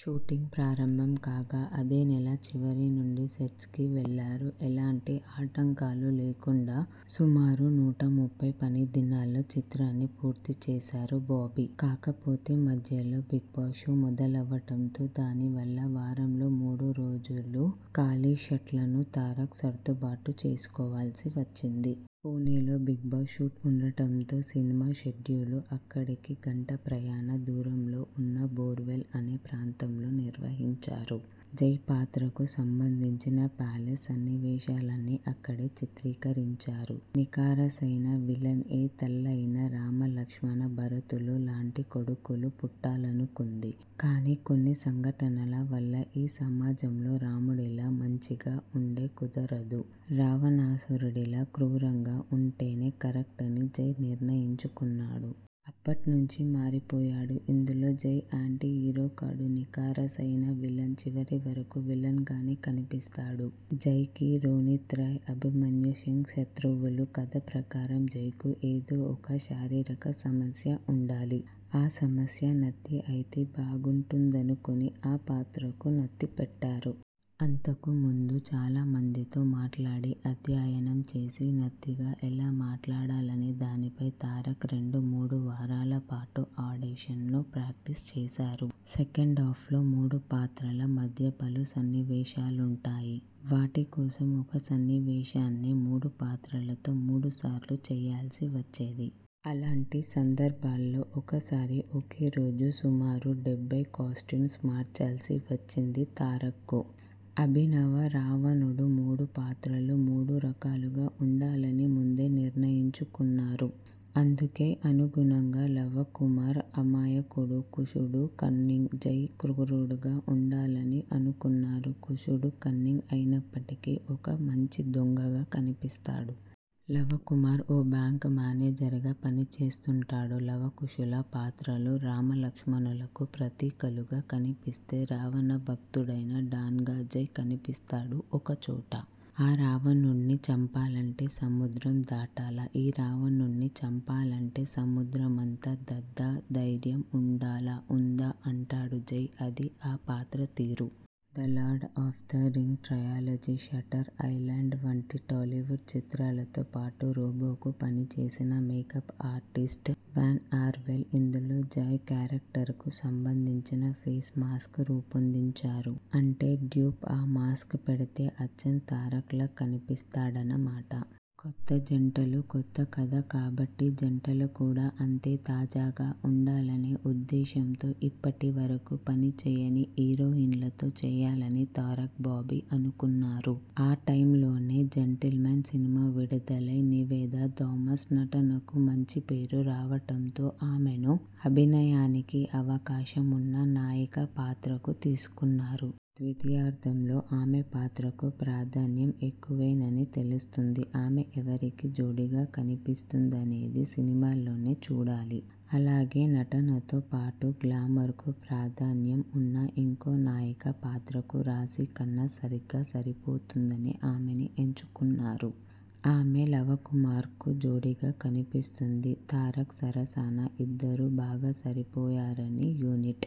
Shooting ప్రారంభం కాగా, అదే నెల చివరి నుంచి సెట్స్పైకి వెళ్లారు. ఎలాంటి ఆటంకాలు లేకుండా సుమారు నూట ముప్పై పని దినాల్లో చిత్రాన్ని పూర్తి చేశారు బాబీ. కాకపోతే మధ్యలో 'బిగ్బాస్' షో మొదలవడంతో, దాని వల్ల వారంలో మూడు రోజులు కాల్షీట్లను తారక్ సర్దుబాటు చేసుకోవాల్సి వచ్చింది. పూణేలో 'బిగ్బాస్' షూట్ ఉండటంతో, సినిమా షెడ్యూల్ను అక్కడికి గంట ప్రయాణ దూరంలో ఉన్న 'బోర్' అనే ప్రాంతంలో నిర్వహించారు. జై పాత్రకు సంబంధించిన ప్యాలెస్ సన్నివేశాలన్నీ అక్కడే చిత్రీకరించారు. నిఖార్సయిన విలన్ఏ తల్లయినా రామ లక్ష్మణ భరతులు లాంటి కొడుకులు పుట్టాలనుకుంటుంది. కానీ కొన్ని సంఘటనల వల్ల 'ఈ సమాజంలో రాముడిలా మంచిగా ఉండే కుదరదు, రావణాసురుడిలా క్రూరంగా ఉంటేనే కరెక్ట'ని జై నిర్ణయించుకుంటాడు. అప్పట్నించీ మారిపోతాడు. ఇందులో జై యాంటీ హీరో కాడు. నిఖార్సయిన విలన్! చివరి వరకూ విలన్గానే కనిపిస్తాడు. జైకి రోణిత్రాయ్, అభిమన్యుసింగ్ శత్రువులు. కథ ప్రకారం జైకు ఏదో ఒక శారీరక సమస్య ఉండాలి. ఆ సమస్య 'నత్తి' అయితే బాగుంటుందనుకొని ఆ పాత్రకు నత్తి పెట్టారు. అంతకు ముందు చాలా మందితో మాట్లాడి, అధ్యయనం చేసి నత్తిగా ఎలా మాట్లాడాలనే దానిపై తారక్ రెండు మూడు వారాల పాటు ఆడిషను ప్రాక్టీస్ చేశారు. సెకండాఫ్లో మూడు పాత్రల మధ్య పలు సన్నివేశాలుంటాయి. వాటి కోసం ఒక సన్నివేశాన్నే మూడు పాత్రలతో మూడు సార్లు చేయాల్సి వచ్చేది. అలాంటి సందర్భాల్లో ఒకసారి ఒకే రోజు సుమారు డెబ్బై కాస్ట్యూమ్స్ మార్చాల్సి వచ్చింది తారక్కు. అభినవ రావణుడుమూడు పాత్రలు మూడు రకాలుగా ఉండాలని ముందే నిర్ణయించుకున్నారు. అందుకు అనుగుణంగా లవకుమార్ అమాయకుడు, కుశుడు కన్నింగ్, జై క్రూరుడుగా ఉండాలని అనుకున్నారు. కుశుడు కన్నింగ్ అయినప్పటికీ ఒక మంచి దొంగగా కనిపిస్తాడు. లవకుమార్ ఓ బ్యాంక్ మేనేజర్గా పని చేస్తుంటాడు. లవకుశుల పాత్రలు రామలక్ష్మణులకు ప్రతీకలుగా కనిపిస్తే, రావణ భక్తుడైన డాన్గా జై కనిపిస్తాడు. ఒక చోట. ''ఆ రావణుడ్ని సంపాలంటే సముద్రం దాటాల ఈ రావణుడ్ని సంపాలంటే సముద్రమంత ధ ధ ధైర్యం ఉండాల ఉందా'' అంటాడు జై అదీ ఆ పాత్ర తీరు! 'The lord of the rings' trilogy, 'shutter island' వంటి హాలీవుడ్ చిత్రాలతో పాటు 'రోబో'కు పనిచేసిన మేకప్ ఆర్టిస్ట్ వాన్స్ హార్ట్వెల్ ఇందులో జై క్యారెక్టర్కు సంబంధించిన ఫేస్ మాస్క్ను రూపొందించారు. అంటే డూప్కు ఆ మాస్క్ పెడితే అచ్చం తారక్లా కనిపిస్తాడన్న మాట! కొత్త జంటలుకొత్త కథ కాబట్టి జంటలు కూడా అంతే తాజాగా ఉండాలనే ఉద్దేశంతో ఇప్పటి వరకూ పని చేయని హీరోయిన్లతో చేయాలని తారక్, బాబీ అనుకున్నారు. ఆ టైమ్లోనే 'జెంటిల్మన్' సినిమా విడుదలై, నివేదా థామస్ నటనకు మంచి పేరు రావడంతో ఆమెను అభినయానికి అవకాశమున్న నాయిక పాత్రకు తీసుకున్నారు. ద్వితీయార్ధంలో ఆమె పాత్రకు ప్రాధాన్యం ఎక్కువేనని తెలుస్తోంది. ఆమె ఎవరికి జోడీగా కనిపిస్తుందనేది సినిమాలోనే చూడాలి! అలాగే నటనతో పాటు గ్లామర్కూ ప్రాధాన్యం ఉన్న ఇంకో నాయిక పాత్రకు రాశీఖన్నా సరిగ్గా సరిపోతుందని ఆమెను ఎంచుకున్నారు. ఆమె లవకుమార్కు జోడీగా కనిపిస్తుంది. తారక్ సరసన ఇద్దరూ బాగా సరిపోయారని యూనిట్